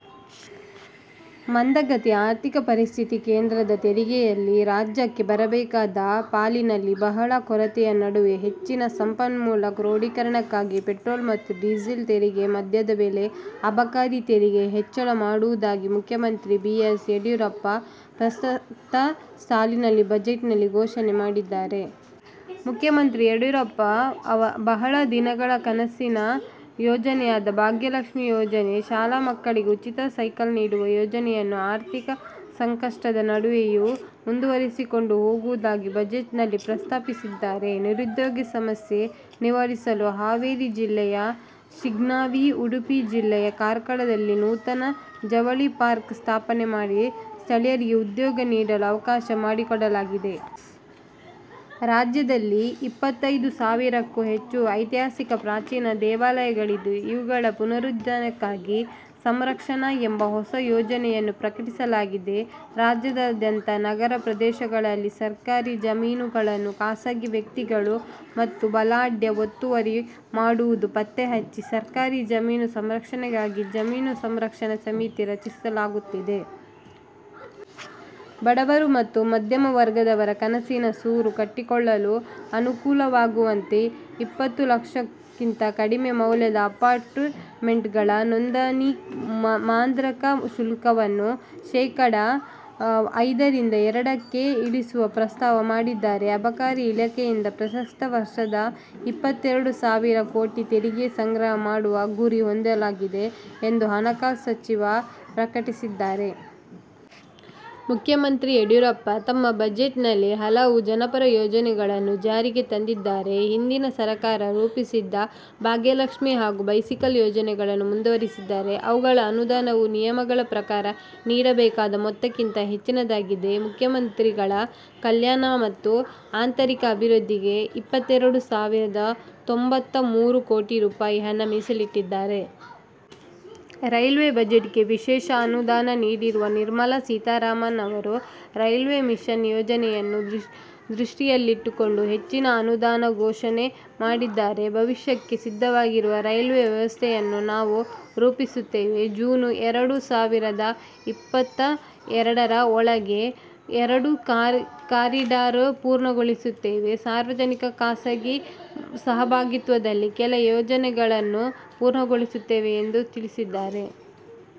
ಮಂದಗತಿಯ ಆರ್ಥಿಕ ಪರಿಸ್ಥಿತಿ, ಕೇಂದ್ರದ ತೆರಿಗೆಯಲ್ಲಿ ರಾಜ್ಯಕ್ಕೆ ಬರಬೇಕಾದ ಪಾಲಿನಲ್ಲಿ ಬಹಳ ಕೊರತೆಯ ನಡುವೆ ಹೆಚ್ಚಿನ ಸಂಪನ್ಮೂಲ ಕ್ರೋಢೀಕರಣಕ್ಕಾಗಿ ಪೆಟ್ರೋಲ್ ಮತ್ತು ಡೀಸೆಲ್ ತೆರಿಗೆ, ಮದ್ಯದ ಮೇಲೆ ಅಬಕಾರಿ ತೆರಿಗೆ ಹೆಚ್ಚಳ ಮಾಡುವುದಾಗಿ ಮುಖ್ಯಮಂತ್ರಿ ಬಿ. ಎಸ್ ಯಡಿಯೂರಪ್ಪ ಪ್ರಸಕ್ತ ಸಾಲಿನ ಬಜೆಟ್ ನಲ್ಲಿ ಘೋಷಣೆ ಮಾಡಿದ್ದಾರೆ. ಮುಖ್ಯಮಂತ್ರಿ ಯಡಿಯೂರಪ್ಪ ಅವರ ಬಹಳ ಕನಸಿನ ಯೋಜನೆಯಾದ ಭಾಗ್ಯಲಕ್ಷಿ ಯೋಜನೆ, ಶಾಲಾ ಮಕ್ಕಳಿಗೆ ಉಚಿತ ಸೈಕಲ್ ನೀಡುವ ಯೋಜನೆಯನ್ನು ಆರ್ಥಿಕ ಸಂಕಷ್ಟದ ನಡುವೆಯೂ ಮುಂದುವರಿಸಿಕೊಂಡು ಹೋಗುವುದಾಗಿ ಬಜೆಟ್ ನಲ್ಲಿ ಪ್ರಸ್ತಾಪಿಸಿದ್ದಾರೆ. ನಿರುದ್ಯೋಗ ಸಮಸ್ಯೆ ನಿವಾರಿಸಲು ಹಾವೇರಿ ಜಿಲ್ಲೆಯ ಶಿಗ್ಗಾವಿ, ಉಡುಪಿ ಜಿಲ್ಲೆಯ ಕಾರ್ಕಳದಲ್ಲಿ ನೂತನ ಜವಳಿ ಪಾರ್ಕ್ ಸ್ಥಾಪನೆ ಮಾಡಿ, ಸ್ಥಳೀಯರಿಗೆ ಉದ್ಯೋಗ ನೀಡಲು ಅವಕಾಶ ಮಾಡಿಕೊಡಲಾಗಿದೆ. ರಾಜ್ಯದಲ್ಲಿ ಇಪ್ಪತೈದು ಸಾವಿರಕ್ಕೂ ಹೆಚ್ಚು ಐತಿಹಾಸಿಕ ಪ್ರಾಚೀನ ದೇವಾಲಯಗಳಿದ್ದು, ಇವುಗಳ ಪುನರುಜ್ಜೀವನಕ್ಕಾಗಿ ಸಂರಕ್ಷಣಾ ಎಂಬ ಹೊಸ ಯೋಜನೆಯನ್ನು ಪ್ರಕಟಿಸಲಾಗಿದೆ. ರಾಜ್ಯಾದ್ಯಂತ ನಗರಪ್ರದೇಶಗಳಲ್ಲಿ ಸರ್ಕಾರಿ ಜಮೀನುಗಳನ್ನು ಖಾಸಗೀ ವ್ಯಕ್ತಿಗಳು ಮತ್ತು ಬಲಾಢ್ಯರು ಒತ್ತುವರಿ ಮಾಡುವುದನ್ನು ಪತ್ತೆ ಹಚ್ಚಿ, ಸರ್ಕಾರಿ ಜಮೀನು ಸಂರಕ್ಷಣೆಗಾಗಿ ಜಮೀನು ಸಂರಕ್ಷಣಾ ಸಮಿತಿ ರಚಿಸಲಾಗುತ್ತಿದೆ. ಬಡವರು ಮತ್ತು ಮಧ್ಯಮ ವರ್ಗದವರ ಕನಸಿನ ಸೂರು ಕಟ್ಟಿಕೊಳ್ಳಲು ಅನುಕೂಲವಾಗುವಂತೆ ಇಪ್ಪತ್ತು ಲಕ್ಷಕ್ಕಿಂತ ಕಡಿಮೆ ಮೌಲ್ಯದ ಅಪಾರ್ಟ್ ಮೆಂಟ್ ಗಳ ನೋಂದಣಿ ಮದ್ರಾಂಕ ಶುಲ್ಕವನ್ನು ಶೇಕಡಾ ಐದರಿಂದ ಎರಡಕ್ಕೆ ಇಳಿಸುವ ಪ್ರಸ್ತಾವ ಮಾಡಿದ್ದಾರೆ. ಅಬಕಾರಿ ಇಲಾಖೆಯಿಂದ ಪ್ರಸವ ವರ್ಷ ಇಪ್ಪತ್ತೆರಡು ಸಾವಿರ ಕೋಟಿ ತೆರಿಗೆ ಸಂಗ್ರಹ ಮಾಡುವ ಗುರಿ ಹೊಂದಲಾಗಿದೆ ಎಂದು ಹಣಕಾಸು ಸಚಿವರು ಪ್ರಕಟಿಸಿದ್ದಾರೆ. ಮುಖ್ಯಮಂತ್ರಿ ಯಡಿಯೂರಪ್ಪ ತಮ್ಮ ಬಜೆಟ್ ನಲ್ಲಿ ಹಲವು ಜನಪರ ಯೋಜನೆಗಳನ್ನು ಜಾರಿಗೆ ತಂದಿದ್ದಾರೆ. ಹಿಂದಿನ ಸರ್ಕಾರ ರೂಪಿಸಿದ್ದ ಭಾಗ್ಯಲಕ್ಷ್ಮಿ ಹಗೂ ಬೈಸಿಕಲ್ ಯೋಜನೆಗಳನ್ನು ಮುಂದುವರಿಸಿದ್ದಾರೆ. ಅವುಗಳ ಅನುದಾನವು ನಿಯಮಗಳ ಪ್ರಕಾರ ನೀಡಬೇಕಾದ ಮೊತ್ತಕ್ಕಿಂತ ಹೆಚ್ಚಿನದಾಗಿದೆ. ಮುಖ್ಯಮಂತ್ರಿಗಳ, ಕಲ್ಯಾಣ ಮತ್ತು ಆಂತರಿಕ ಅಭಿೃದ್ಧಿಗೆ ಎಪ್ಪತ್ತೆರಡು ಸಾವಿರದ ತೊಂಬತ್ತ ಮೂರು ಕೋಟಿ ರುಪಾಯಿ ಹಣ ಮೀಸಲಿಟ್ಟಿದ್ದಾರೆ. ರೈಲ್ವೇ ಬಜೆಟ್'ಗೆ ವಿಶೇಷ ಅನುದಾನ ನೀಡಿರುವ ನಿರ್ಮಲಾ ಸೀತಾರಾಮನ್ ಅವರು ರೈಲ್ವೇ ಮಿಷನ್ ಯೋಜನೆಯನ್ನು ದೃಷ್ಟಿಯಲ್ಲಿಟ್ಟುಕೊಂಡು ಹೆಚ್ಚಿನ ಅನುದಾನ ಘೋಷಣೆ ಮಾಡಿದ್ದಾರೆ. ಭವಿಷ್ಯಕ್ಕೆ ಸಿದ್ಧವಾಗಿರುವ ರೈಲ್ವೆ ವ್ಯವಸ್ಥೆಯನ್ನು ನಾವು ರೂಪಿಸುತ್ತೇವೆ, ಜೂನ್ ಎರಡು ಸಾವಿರದ ಇಪ್ಪತ್ತ ಎರಡರ ಒಳಗೆ ಎರಡು ಕಾರಿಡಾರ್ ಪೂರ್ಣಗೊಳಿಸುತ್ತೇವೆ, ಸಾರ್ವಜನಿಕ ಖಾಸಗಿ ಸಹಭಾಗಿತ್ವದಲ್ಲಿ ಕೆಲ ಯೋಜನೆಗಳನ್ನು ಪೂರ್ಣಗೊಳಿಸುತ್ತೇವೆ ಎಂದು ತಿಳಿಸಿದ್ದಾರೆ.